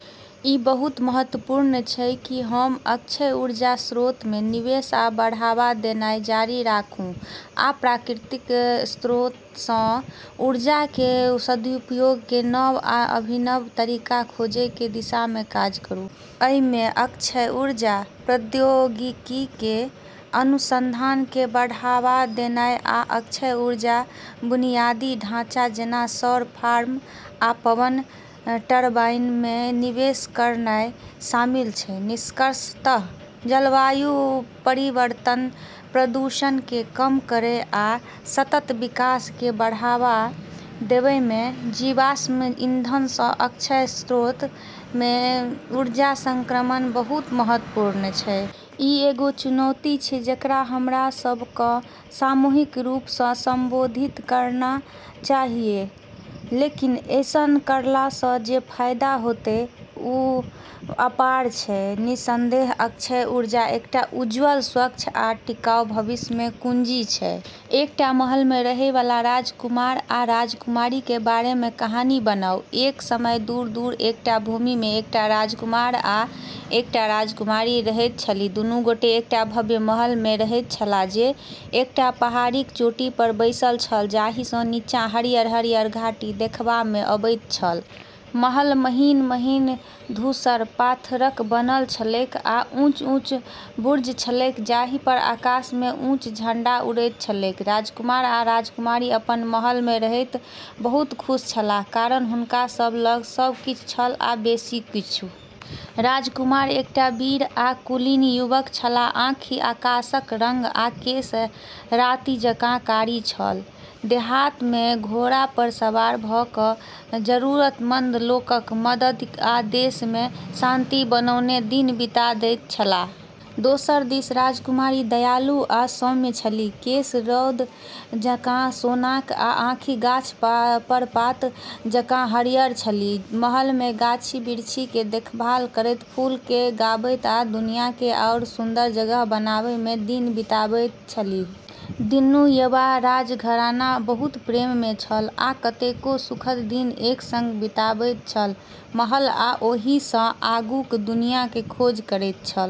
इ बहुत महत्वपूर्ण छै की हम अक्षय ऊर्जा स्रोत मे निवेश आ बढ़ावा देनाय जारी राखूं, आ प्राकृतिक स्रोत सं ऊर्जा कें सदुपयोग कें नव आ अभिनव तरीका खोजय कें दिशा मे काज करूं. अइ मे अक्षय ऊर्जा प्रौद्योगिकी कें अनुसंधान कें बढ़ावा देनाय आ अक्षय ऊर्जा बुनियादी ढाँचा, जेना सौर फार्म आ पवन टरबाइन मे निवेश करनाय शामिल छै. निष्कर्षतः जलवायु परिवर्तन, प्रदूषण कें कम करय आ सतत विकास कें बढ़ावा देवय मे जीवाश्म ईंधन सं अक्षय स्रोत मे ऊर्जा संक्रमण बहुत महत्वपूर्ण छै. ई एगो चुनौती छै जेकरा हमरा सब क॑ सामूहिक रूप स॑ संबोधित करना चाहियऽ, लेकिन ऐसनऽ करला स॑ जे फायदा होतै, वू अपार छै। निस्संदेह अक्षय ऊर्जा एकटा उज्जवल, स्वच्छ आ टिकाऊ भविष्य कें कुंजी छै. एकटा महल मे रहय वाला राजकुमार आ राजकुमारी के बारे मे कहानी बनाउ. एक समय दूर, दूर एकटा भूमि मे एकटा राजकुमार आ एकटा राजकुमारी रहैत छलीह दुनू गोटे एकटा भव्य महल मे रहैत छलाह जे एकटा पहाड़ीक चोटी पर बैसल छल, जाहि सं नीचां हरियर-हरियर घाटी देखबा में अबैत छल. महल महीन-महीन धूसर पाथरक बनल छलैक, आ ऊँच-ऊँच बुर्ज छलैक जाहि पर आकाश मे ऊँच झंडा उड़ैत छलैक। राजकुमार आ राजकुमारी अपन महल मे रहैत बहुत खुश छलाह, कारण हुनका सब लग सब किछु छल आ बेसी किछु। राजकुमार एकटा वीर आ कुलीन युवक छलाह, आँखि आकाशक रंग आ केश राति जकाँ कारी छल देहात मे घोड़ा पर सवार भ' क', जरूरतमंद लोकक मददि आ देश मे शांति बनौने दिन बिता दैत छलाह. दोसर दिस राजकुमारी दयालु आ सौम्य छलीह, केश रौद जकाँ सोनाक आ आँखि गाछ पर पात जकाँ हरियर छलीह। महल मे गाछी-बिरछी के देखभाल करैत, फूल के गाबैत आ दुनिया के आओर सुंदर जगह बनाबय मे दिन बिताबैत छलीह. दुनू युवा राजघराना बहुत प्रेम में छल, आ कतेको सुखद दिन एक संग बिताबैत छल, महल आ ओहि सं आगूक दुनिया के खोज करैत छल.